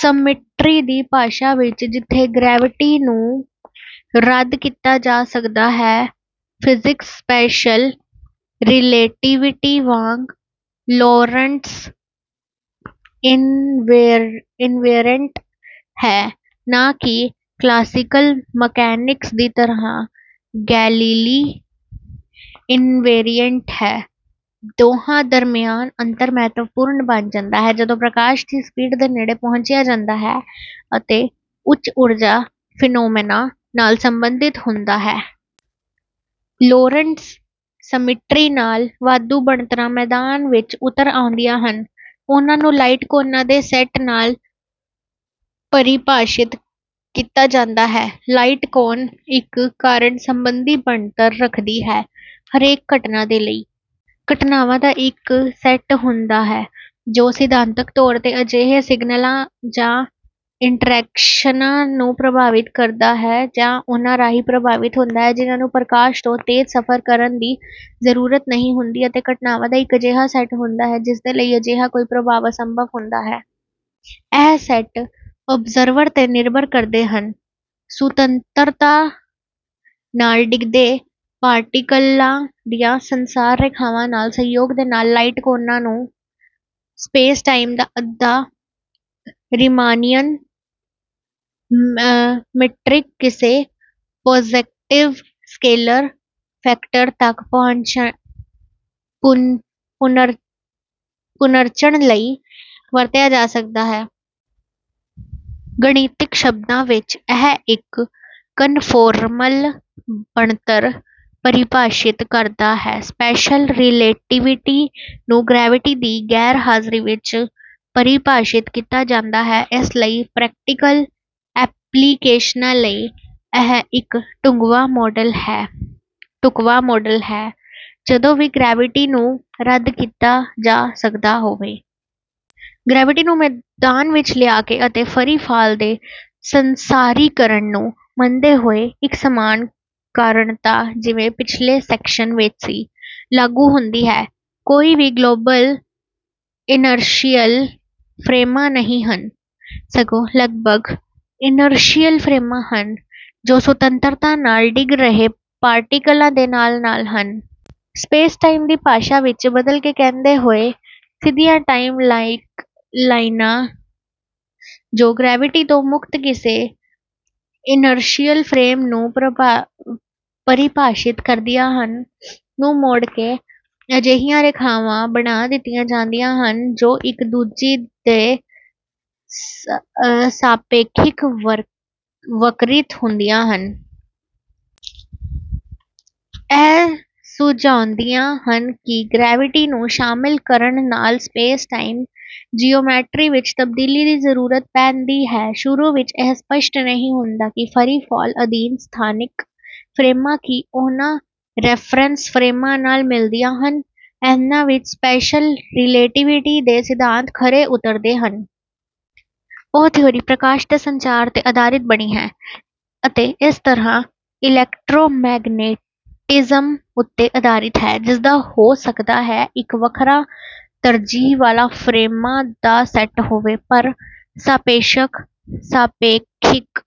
Symmetry ਦੀ ਭਾਸ਼ਾ ਵਿੱਚ: ਜਿੱਥੇ ਗਰੈਵਿਟੀ ਨੂੰ ਰੱਦ ਕੀਤਾ ਜਾ ਸਕਦਾ ਹੈ, ਫਿਜ਼ਿਕਸ ਸਪੈਸ਼ਲ ਰਿਲੇਟੀਵਿਟੀ ਵਾਂਗ ਲੌਰੰਟਜ਼ ਇਨਵੇਰੀਅੰਟ ਹੈ, ਨਾ ਕਿ ਕਲਾਸੀਕਲ ਮਕੈਨਿਕਸ ਦੀ ਤਰ੍ਹਾਂ ਗੈਲੀਲੀ ਇਨਵੇਰੀਅੰਟ ਹੈ। ਦੋਹਾਂ ਦਰਮਿਆਨ ਅੰਤਰ ਮਹੱਤਵਪੂਰਨ ਬਣ ਜਾਂਦਾ ਹੈ, ਜਦੋਂ ਪ੍ਰਕਾਸ਼ ਦੀ ਸਪੀਡ ਦੇ ਨੇੜੇ ਪਹੁੰਚਿਆ ਜਾਂਦਾ ਹੈ ਅਤੇ ਉੱਚ-ਊਰਜਾ ਫੀਨੋਮੈਨਾ ਨਾਲ ਸੰਬੰਧਿਤ ਹੁੰਦਾ ਹੈ। ਲੌਰੰਟਜ਼ ਸਮਿੱਟਰੀ ਨਾਲ, ਵਾਧੂ ਬਣਤਰਾਂ ਮੈਦਾਨ ਵਿੱਚ ਉਤਰ ਆਉਂਦੀਆਂ ਹਨ। ਉਹਨਾਂ ਨੂੰ ਲਾਈਟ ਕੋਨਾਂ ਦੇ ਸੈੱਟ ਨਾਲ ਪਰਿਭਾਸ਼ਿਤ ਕੀਤਾ ਜਾਂਦਾ ਹੈ। ਲਾਈਟ ਕੋਨ ਇੱਕ ਕਾਰਣ ਸਬੰਧੀ ਬਣਤਰ ਰੱਖਦੀ ਹੈ: ਹਰੇਕ ਘਟਨਾ ਦੇ ਲਈ, ਘਟਨਾਵਾਂ ਦਾ ਇੱਕ ਸੈੱਟ ਹੁੰਦਾ ਹੈ, ਜੋ ਸਿਧਾਂਤਕ ਤੌਰ 'ਤੇ, ਅਜਿਹੇ ਸਿਗਨਲਾਂ ਜਾਂ ਇੰਟਰੈਕਸ਼ਨਾਂ ਨੂੰ ਪ੍ਰਭਾਵਿਤ ਕਰਦਾ ਹੈ ਜਾਂ ਉਹਨਾਂ ਰਾਹੀਂ ਪ੍ਰਭਾਵਿਤ ਹੁੰਦਾ ਹੈ, ਜਿਹਨਾਂ ਨੂੰ ਪ੍ਰਕਾਸ਼ ਤੋਂ ਤੇਜ਼ ਸਫਰ ਕਰਨ ਦੀ ਜ਼ਰੂਰਤ ਨਹੀਂ ਹੁੰਦੀ ਅਤੇ ਘਟਨਾਵਾਂ ਦਾ ਇੱਕ ਅਜਿਹਾ ਸੈੱਟ ਹੁੰਦਾ ਹੈ, ਜਿਸਦੇ ਲਈ ਅਜਿਹਾ ਕੋਈ ਪ੍ਰਭਾਵ ਅਸੰਭਵ ਹੁੰਦਾ ਹੈ। ਇਹ ਸੈੱਟ ਔਬਜ਼ਰਵਰ 'ਤੇ ਨਿਰਭਰ ਕਰਦੇ ਹਨ। ਸੁਤੰਤਰਤਾ ਨਾਲ ਡਿੱਗਦੇ ਪਾਰਟੀਕਲਾਂ ਦੀਆਂ ਸੰਸਾਰ ਰੇਖਾਵਾਂ ਨਾਲ ਸਹਿਯੋਗ ਦੇ ਨਾਲ, ਲਾਈਟ ਕੋਨਾਂ ਨੂੰ ਸਪੇਸ-ਟਾਈਮ ਦਾ ਅੱਧਾ ਰੀਮਾਨੀਅਨ ਮੀਟ੍ਰਿਕ, ਕਿਸੇ ਪੌਜ਼ੇਟਿਵ ਸਕੇਲਰ ਫੈਕਟਰ ਤੱਕ, ਪੁਨਰਚਣ ਲਈ ਵਰਤਿਆ ਜਾ ਸਕਦਾ ਹੈ। ਗਣਿਤਿਕ ਸ਼ਬਦਾਂ ਵਿੱਚ, ਇਹ ਇੱਕ ਕਨਫੌਰਮਲ ਬਣਤਰ ਪਰਿਭਾਸ਼ਿਤ ਕਰਦਾ ਹੈ। ਸਪੈਸ਼ਲ ਰੀਲੇਟੀਵਿਟੀ ਨੂੰ ਗਰੈਵਿਟੀ ਦੀ ਗੈਰ-ਹਾਜ਼ਰੀ ਵਿੱਚ ਪਰਿਭਾਸ਼ਿਤ ਕੀਤਾ ਜਾਂਦਾ ਹੈ, ਇਸ ਲਈ ਪ੍ਰੈਕਟੀਕਲ ਐਪਲੀਕੇਸ਼ਨ ਲਈ, ਇਹ ਇੱਕ ਢੁਕਵਾਂ ਮੌਡਲ ਹੈ, ਜਦੋਂ ਵੀ ਗਰੈਵਿਟੀ ਨੂੰ ਰੱਦ ਕੀਤਾ ਜਾ ਸਕਦਾ ਹੋਵੇ। ਗਰੈਵਿਟੀ ਨੂੰ ਮੈਦਾਨ ਵਿੱਚ ਲਿਆ ਕੇ, ਅਤੇ ਫਰੀ ਫਾਲ ਦੇ ਸੰਸਾਰੀਕਰਨ ਨੂੰ ਮੰਨਦੇ ਹੋਏ, ਇੱਕ ਸਮਾਨ ਕਾਰਣਤਾ, ਜਿਵੇਂ ਪਿਛਲੇ ਸੈਕਸ਼ਨ ਵਿੱਚ ਸੀ, ਲਾਗੂ ਹੁੰਦੀ ਹੈ: ਕੋਈ ਵੀ ਗਲੋਬਲ ਇਨਰਸ਼ੀਅਲ ਫਰੇਮਾਂ ਨਹੀਂ ਹਨ। ਸਗੋਂ ਲਗਭਗ ਇਨਰਸ਼ੀਅਲ ਫਰੇਮਾਂ ਹਨ, ਜੋ ਸੁਤੰਤਰਤਾ ਨਾਲ ਡਿੱਗ ਰਹੇ ਪਾਰਟੀਕਲਾਂ ਦੇ ਨਾਲ-ਨਾਲ ਹਨ। ਸਪੇਸ-ਟਾਈਮ ਦੀ ਭਾਸ਼ਾ ਵਿੱਚ ਬਦਲ ਕੇ ਕਹਿੰਦੇ ਹੋਏ: ਸਿੱਧੀਆਂ ਟਾਈਮ-ਲਾਈਕ ਲਾਈਨਾਂ, ਜੋ ਗਰੈਵਿਟੀ ਤੋਂ ਮੁਕਤ ਕਿਸੇ ਇਨਰਸ਼ੀਅਲ ਫਰੇਮ ਨੂੰ ਪਰਿਭਾਸ਼ਿਤ ਕਰਦੀਆਂ ਹਨ, ਨੂੰ ਮੋੜ ਕੇ ਅਜਿਹੀਆਂ ਰੇਖਾਵਾਂ ਬਣਾ ਦਿੱਤੀਆਂ ਜਾਂਦੀਆਂ ਹਨ, ਜੋ ਇੱਕ ਦੂਜੀ ਦੇ ਸਾਪੇਖਿਕ ਵਕਰਿਤ ਹੁੰਦੀਆਂ ਹਨ। ਇਹ ਸੁਝਾਉਂਦੀਆਂ ਹਨ ਕਿ ਗਰੈਵਿਟੀ ਨੂੰ ਸ਼ਾਮਿਲ ਕਰਨ ਨਾਲ ਸਪੇਸ-ਟਾਈਮ ਜੀਓਮੈਟਰੀ ਵਿੱਚ ਤਬਦੀਲੀ ਦੀ ਜ਼ਰੂਰਤ ਪੈਂਦੀ ਹੈ। ਸ਼ੁਰੂ ਵਿੱਚ, ਇਹ ਸਪਸ਼ਟ ਨਹੀਂ ਹੁੰਦਾ ਕਿ ਫਰੀ ਫਾਲ ਅਧੀਨ ਸਥਾਨਿਕ ਫਰੇਮਾਂ, ਕੀ ਉਹਨਾਂ ਰੈਫਰੈਂਸ ਫਰੇਮਾਂ ਨਾਲ ਮਿਲਦੀਆਂ ਹਨ, ਇਹਨਾਂ ਵਿੱਚ ਸਪੈਸ਼ਲ ਰੀਲੇਟੀਵਿਟੀ ਦੇ ਸਿਧਾਂਤ ਖਰੇ ਉਤਰਦੇ ਹਨ। ਉਹ ਥਿਊਰੀ ਪ੍ਰਕਾਸ਼ ਦੇ ਸੰਚਾਰ 'ਤੇ ਅਧਾਰਿਤ ਬਣੀ ਹੈ, ਅਤੇ ਇਸ ਤਰ੍ਹਾਂ ਇਲੈਕਟ੍ਰੋਮੈਗਨੈਟਿਜ਼ਮ ਉੱਤੇ ਅਧਾਰਿਤ ਹੈ, ਜਿਸਦਾ ਹੋ ਸਕਦਾ ਹੈ ਇੱਕ ਵੱਖਰਾ ਤਰਜੀਹ ਵਾਲਾ ਫਰੇਮਾਂ ਦਾ ਸੈੱਟ ਹੋਵੇ। ਪਰ ਸਾਪੇਸ਼ਕ-ਸਾਪੇਖਿਕ